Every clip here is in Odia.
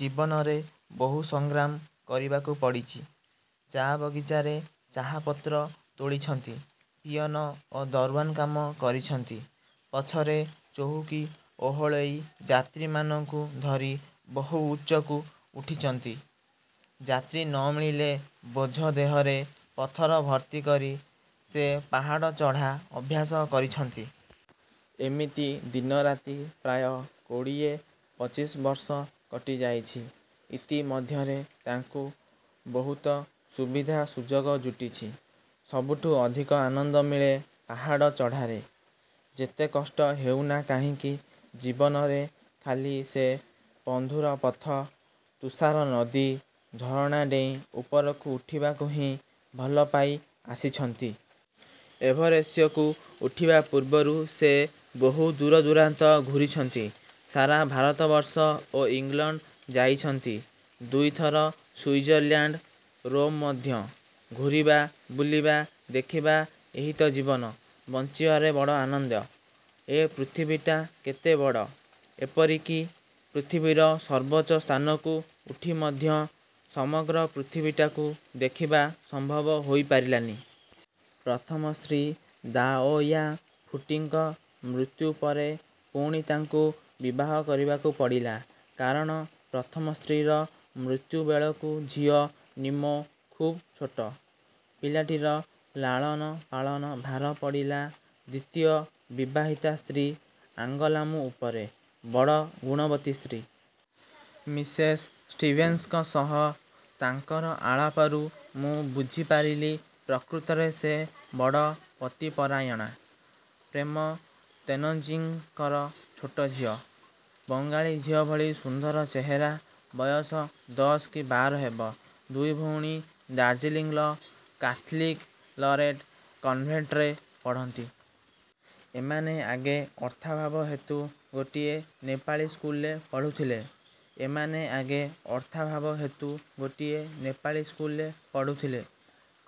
ଜୀବନରେ ବହୁ ସଂଗ୍ରାମ କରିବାକୁ ପଡ଼ିଚି। ଚା ବଗିଚାରେ ଚାହା ପତ୍ର ତୋଳିଛନ୍ତି, ପିଅନ ଓ ଦରଓ୍ୱାନ କାମ କରିଛନ୍ତି। ପଛରେ ଚଉକି ଓହଳେଇ ଯାତ୍ରୀମାନଙ୍କୁ ଧରି ବହୁ ଉଚ୍ଚକୁ ଉଠିଛନ୍ତି। ଯାତ୍ରୀ ନ ମିଳିଲେ ବୋଝ ଦେହରେ ପଥର ଭର୍ତ୍ତି କରି ସେ ପାହାଡ଼ ଚଢ଼ା ଅଭ୍ୟାସ କରିଛନ୍ତି। ଏମିତି ଦିନରାତି ପ୍ରାୟ କୋଡ଼ିଏ ପଚିଶି ବର୍ଷ କଟି ଯାଇଛି। ଇତିମଧ୍ୟରେ ତାଙ୍କୁ ବହୁତ ସୁବିଧା ସୁଯୋଗ ଜୁଟିଛି। ସବୁଠୁ ଅଧିକ ଆନନ୍ଦ ମିଳେ ପାହାଡ଼ ଚଢ଼ାରେ-ଯେତେ କଷ୍ଟ ହେଉନା କାହିଁକି? ଜୀବନରେ ଖାଲି ସେ ବନ୍ଧୁର ପଥ, ତୁଷାର ନଦୀ, ଝରଣା ଡେଇଁ ଉପରକୁ ଉଠିବାକୁ ହିଁ ଭଲ ପାଇ ଆସିଛନ୍ତି। ଏଭରେଷ୍ଯକୁ ଉଠିବା ପୂର୍ବରୁ ସେ ବହୁ ଦୂରଦୂରାନ୍ତ ଘୂରିଛନ୍ତି। ସାରା ଭାରତବର୍ଷ ଓ ଇଂଲଣ୍ଡ ଯାଇଛନ୍ତି, ଦୁଇଥର ସୁଇଜରଲାଣ୍ଡ, ରୋମ ମଧ୍ୟ। ଘୂରିବା, ବୁଲିବା ଦେଖିବା ଏହି ତ ଜୀବନ; ବଞ୍ଚିବାରେ ବଡ଼ ଆନନ୍ଦ। ଏ ପୃଥିବୀଟା କେତେ ବଡ଼। ଏପରିକି ପୃଥିବୀର ସର୍ବୋଚ୍ଚ ସ୍ଥାନକୁ ଉଠି ମଧ୍ୟ ସମଗ୍ର ପୃଥିବୀଟାକୁ ଦେଖିବା ସମ୍ଭବ ହୋଇପାରିଲାନି। ପ୍ରଥମ ସ୍ତ୍ରୀ ଦାଓୟା ଫୁଟିଙ୍କ ମୃତ୍ୟୁ ପରେ ପୁଣି ତାଙ୍କୁ ବିବାହ କରିବାକୁ ପଡ଼ିଲା। କାରଣ ପ୍ରଥମ ସ୍ତ୍ରୀର ମୃତ୍ୟୁ ବେଳକୁ ଝିଅ ନିମ୍ମୋ ଖୁବ୍ ଛୋଟ। ପିଲାଟିର ଲାଳନ ପାଳନ ଭାର ପଡ଼ିଲା ଦ୍ୱିତୀୟ ବିବାହିତା ସ୍ତ୍ରୀ ଆଙ୍ଗଲାମୁ ଉପରେ। ବଡ଼ ଗୁଣବତୀ ସ୍ତ୍ରୀ। ମିସେସ ଷ୍ଟିଭେନ୍ସନ୍ଙ୍କ ସହ ତାଙ୍କର ଆଳାପରୁ ମୁଁ ବୁଝି ପାରିଲି ପ୍ରକୃତରେ ସେ ବଡ଼ ପତିପରାୟଣା। ପ୍ରେମ ତେନଜିଂଙ୍କର ଛୋଟ ଝିଅ। ବଙ୍ଗାଳୀ ଝିଅ ଭଳି ସୁନ୍ଦର ଚେହେରା। ବୟସ ଦଶ କି ବାର ହେବ। ଦୁଇ ଉଭଣୀ ଦାର୍ଜିଲିଂର କାଥଲିକ୍ ଲରେଟ କନ୍ଭେର୍ଟରେ ପଢ଼ନ୍ତି। ଏମାନେ ଆଗେ ଅର୍ଥାଭାବ ହେତୁ ଗୋଟିଏ ନେପାଳୀ ସ୍କୁଲରେ ପଢ଼ୁଥିଲେ-। ଏମାନେ ଆଗେ ଅର୍ଥାଭାବ ହେତୁ ଗୋଟିଏ ନେପାଳୀ ସ୍କୁଲରେ ପଢ଼ୁଥିଲେ।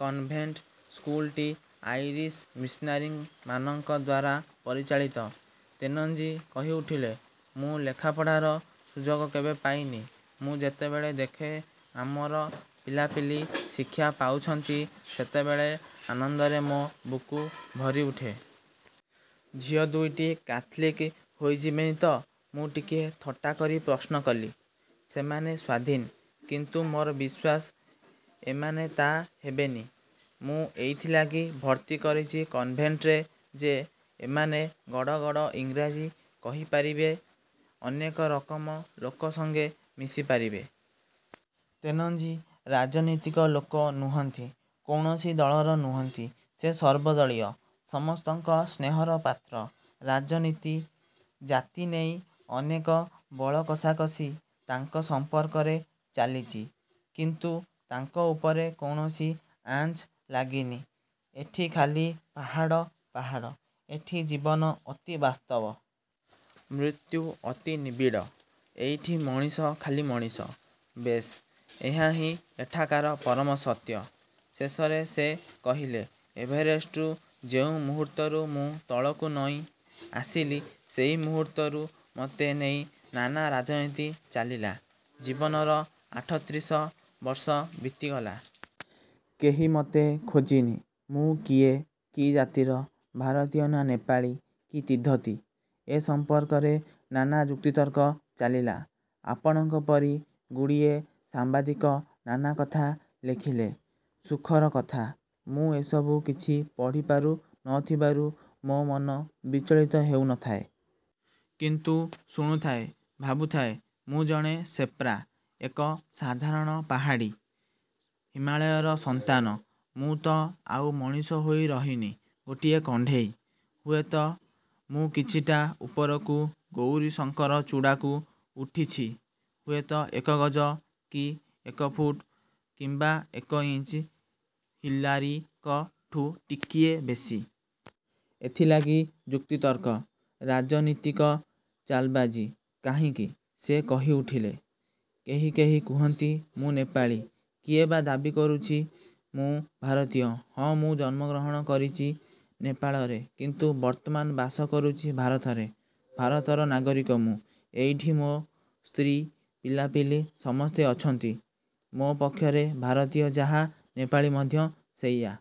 କନ୍ ଭେଣ୍ଟ ସ୍କୁଲଟି ଆଇରିସ ମିସନାରୀମାନଙ୍କ ଦ୍ୱାରା ପରିଚାଳିତ। ତେନଜିଂ କହି ଉଠିଲେ, ''ମୁଁ ଲେଖାପଢ଼ାର ସୁଯୋଗ କେବେ ପାଇନି। ମୁଁ ଯେତେବେଳେ ଦେଖେ ଆମର ପିଲାପିଲି ଶିକ୍ଷା ପାଉଛନ୍ତି ସେତେବେଳେ ଆନନ୍ଦରେ ମୋ ବୁକୁ ଭରିଉଠେ। '' ''ଝିଅ ଦୁଇଟି କାଥଲିକ ହୋଇ ଯିବେନି ତ? '' –ମୁଁ ଟିକିଏ ଥଟ୍ଟା କରି ପ୍ରଶ୍ନ କଲି। ''ସେମାନେ ସ୍ୱାଧୀନ! କିନ୍ତୁ ମୋର ବିଶ୍ୱାସ ଏମାନେ ତା' ହେବେ ନି। ମୁଁ ଏଇଥିଲାଗି ଭର୍ତ୍ତି କରିଛି କନ୍ଭେଣ୍ଟରେ ଯେ ଏମାନେ ଗଡ଼ଗଡ଼ ଇଂରେଜୀ କହି ପାରିବେ, ଅନେକ ରକମ ଲୋକ ସଙ୍ଗେ ମିଶି ପାରିବେ। '' ତେନଜିଂ ରାଜନୀତିକ ଲୋକ ନୁହଁନ୍ତି, କୌଣସି ଦଳର ନୁହଁନ୍ତି। ସେ ସର୍ବଦଳୀୟ, ସମସ୍ତଙ୍କ ସ୍ନେହର ପାତ୍ର। ରାଜନୀତି, ଜାତି ନେଇ ଅନେକ ବଳ କଷାକଷି ତାଙ୍କ ସମ୍ପର୍କରେ ଚାଲିଚି-। କିନ୍ତୁ ତାଙ୍କ ଉପରେ କୌଣସି ଆଞ୍ଚ ଲାଗିନି। ଏଠି ଖାଲି ପାହାଡ଼–ପାହାଡ଼। ଏଠି ଜୀବନ ଅତି ବାସ୍ତବ। ମୃତ୍ୟୁ ଅତି ନିବିଡ଼। ଏଇଠି ମଣିଷ ଖାଲି ମଣିଷ। ବେଶ, ଏହା ହିଁ ଏଠାକାର ପରମ ସତ୍ୟ। ଶେଷରେ ସେ କହିଲେ–ଏଭରେଷ୍ଟରୁ ଯେଉଁ ମୁହୂର୍ତ୍ତରୁ ମୁଁ ତଳକୁ ନଇଁ। ଆସିଲି ସେଇ ମୁହୂର୍ତ୍ତରୁ ମତେ ନେଇ ନାନା ରାଜନୀତି ଚାଲିଲା। ଜୀବନର ଆଠତ୍ରିଶ ବର୍ଷ ବିତିଗଲା। କେହି ମତେ ଖୋଜିନି। ମୁଁ କିଏ, ମୁଁ କି ଜାତିର, ଭାରତୀୟ ନା ନେପାଳୀ କି ତିବ୍ଦତୀ ଏ ସମ୍ପର୍କରେ ନାନା ଯୁକ୍ତିତର୍କ ଚାଲିଲା। ଆପଣଙ୍କ ପରି ଗୁଡ଼ିଏସାମ୍ୱାଦିକ ନାନା କଥା ଲେଖିଲେ। ସୁଖର କଥା, ମୁଁ ଏସବୁ କିଛି ପଢିପାରୁ ନ ଥିବାରୁ ମୋ ମନ ବିଚଳିତ ହେଉ ନ ଥାଏ। କିନ୍ତୁ ଶୁଣୁଥାଏ, ଭାବୁଥାଏ, ମୁଁ ଜଣେ ସେର୍ପା–ଏକ ସାଧାରଣ ପାହାଡ଼ୀ–ହିମାଳୟର ସନ୍ତାନ। ମୁଁ ତ ଆଉ ମଣିଷ ହୋଇ ରହିନି-ଗୋଟିଏ କଣ୍ଢେଇ। ହୁଏତ ମୁଁ କିଛିଟା ଉପରକୁ ଗୌରୀଶଙ୍କର ଚୂଡ଼ାକୁ ଉଠିଛି, ହୁଏତ ଏକ ଗଜ କି ଏକ ଫୁଟ କିମ୍ୱା ଏକ ଇଞ୍ଚ-ହିଲାରୀଙ୍କଠୁ ଟିକିଏ ବେଶୀ। ଏଥିଲାଗି ଯୁକ୍ତିତର୍କ! ରାଜନୀତିକ ଚାଲବାଜୀ! କାହିଁକି? ସେ କହି ଉଠିଲେ, ''କେହି କେହି କୁହନ୍ତି ମୁଁ ନେପାଳୀ। କିଏ ବା ଦାବୀ କରୁଛି ମୁଁ ଭାରତୀୟ। ହଁ, ମୁଁ ଜନ୍ମଗ୍ରହଣ କରିଚି ନେପାଳରେ କିନ୍ତୁ ବର୍ତ୍ତମାନ ବାସ କରୁଚି ଭାରତରେ। ଭାରତର ନାଗରିକ ମୁଁ। ଏଇଠି ମୋ ସ୍ତ୍ରୀ, ପିଲାପିଲି ସମସ୍ତେ ଅଛନ୍ତି। ମୋ ପକ୍ଷରେ ଭାରତୀୟ ଯାହା ନେପାଳୀ ମଧ୍ୟ ସେଇୟା।